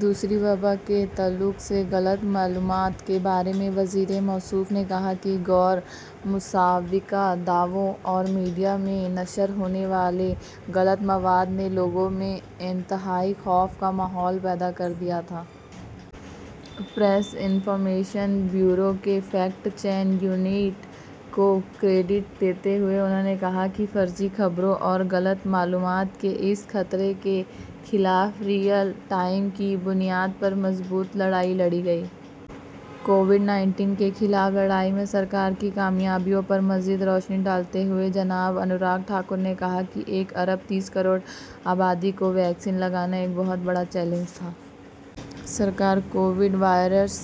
دوسری وبا کے تعلق سے، غلط معلومات کے بارے میں، وزیر موصوف نے کہا کہ غیر مصدقہ دعووں اور میڈیا میں نشر ہونے والے غلط مواد نے لوگوں میں انتہائی خوف کا ماحول پیدا کر دیا تھا۔ پریس انفارمیشن بیورو کے فیکٹ چیک یونٹ کو کریڈٹ دیتے ہوئے انہوں نے کہا کہ فرضی خبروں اور غلط معلومات کے اس خطرے کے خلاف ریئل ٹائم کی بنیاد پر مضبوط لڑائی لڑی گئی۔ کووڈ نائنٹین کے خلاف لڑائی میں سرکار کی کامیابیوں پر مزید روشنی ڈالتے ہوئے، جناب انوراگ ٹھاکر نے کہا کہ ایک ارب تیس کروڑ آبادی کو ویکسین لگانا ایک بہت بڑا چیلنج تھا۔ سرکار، کووڈ واریئرس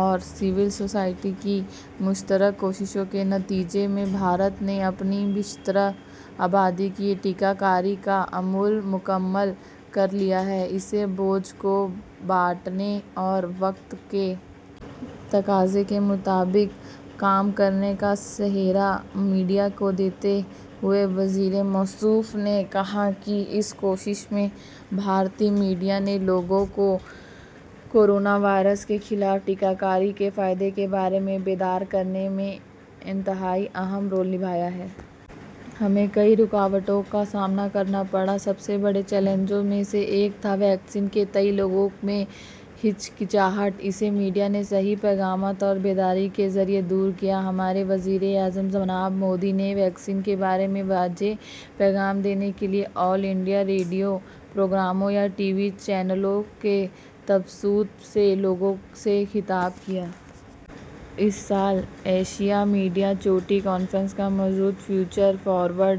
اور سول سوسائٹی کی مشترکہ کوششوں کے نتیجے میں بھارت نے اپنی بیشتر آبادی کی ٹیکہ کاری کا عمل مکمل کر لیا ہے۔ اس بوجھ کو بانٹنے اور وقت کے تقاضے کے مطابق کام کرنے کا سہرا میڈیا کو دیتے ہوئے وزیر موصوف نے کہا کہ اس کوشش میں، بھارتی میڈیا نے لوگوں کو کورونا وائرس کے خلاف ٹیکہ کاری کے فائدے کے بارے میں بیدار کرنے میں انتہائی اہم رول نبھایا ہے۔ ہمیں کئی رکاوٹوں کا سامنا کرنا پڑا۔ سب سے بڑے چیلنجوں میں سے ایک تھا ویکسین کے تئیں لوگوں میں ہچکچاہٹ۔ اسے میڈیا نے صحیح پیغامات اور بیداری کے ذریعے دور کیا۔ ہمارے وزیر اعظم جناب مودی نے ویکسین کے بارے میں واضح پیغام دینے کے لیے آل انڈیا ریڈیو پروگراموں یا ٹی وی چینلوں کے توسط سے لوگوں سے خطاب کیا۔ اس سال ایشیا میڈیا چوٹی کانفرنس کا موضوع future forward,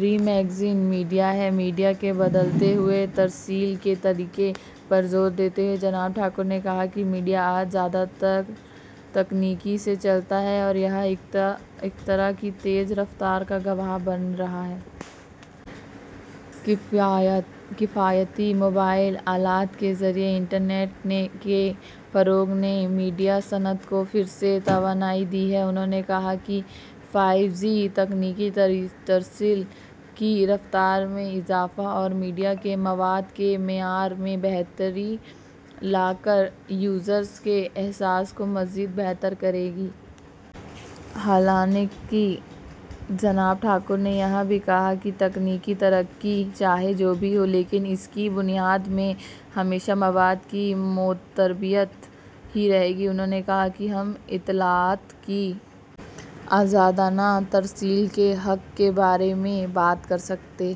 reimagining media ہے۔ میڈیا کے بدلتے ہوئے ترسیل کے طریقے پر زور دیتے ہوئے جناب ٹھاکر نے کہا کہ میڈیا آج زیادہ تر تکنیک سے چلتا ہے اور یہ اختراع کی تیز رفتار کا گواہ بن رہا ہے۔ کفایتی موبائل آلات کے ذریعے انٹرنیٹ کے فروغ نے میڈیا صنعت کو پھر سے توانائی دی ہے۔ انہوں نے کہا کہ فائیو جی تکنیک ترسیل کی رفتار میں اضافہ اور میڈیا کے مواد کے معیار میں بہتری لا کر یوزرز کے احساس کو مزید بہتر کرے گی۔ حالانکہ جناب ٹھاکر نے یہ بھی کہا کہ تکنیکی ترقی چاہے جو بھی ہو، لیکن اس کی بنیاد میں ہمیشہ مواد کی معتبریت ہی رہے گی۔ انہوں نے کہا کہ ہم اطلاعات کی آزادانہ ترسیل کے حق کے بارے میں بات کر سکتے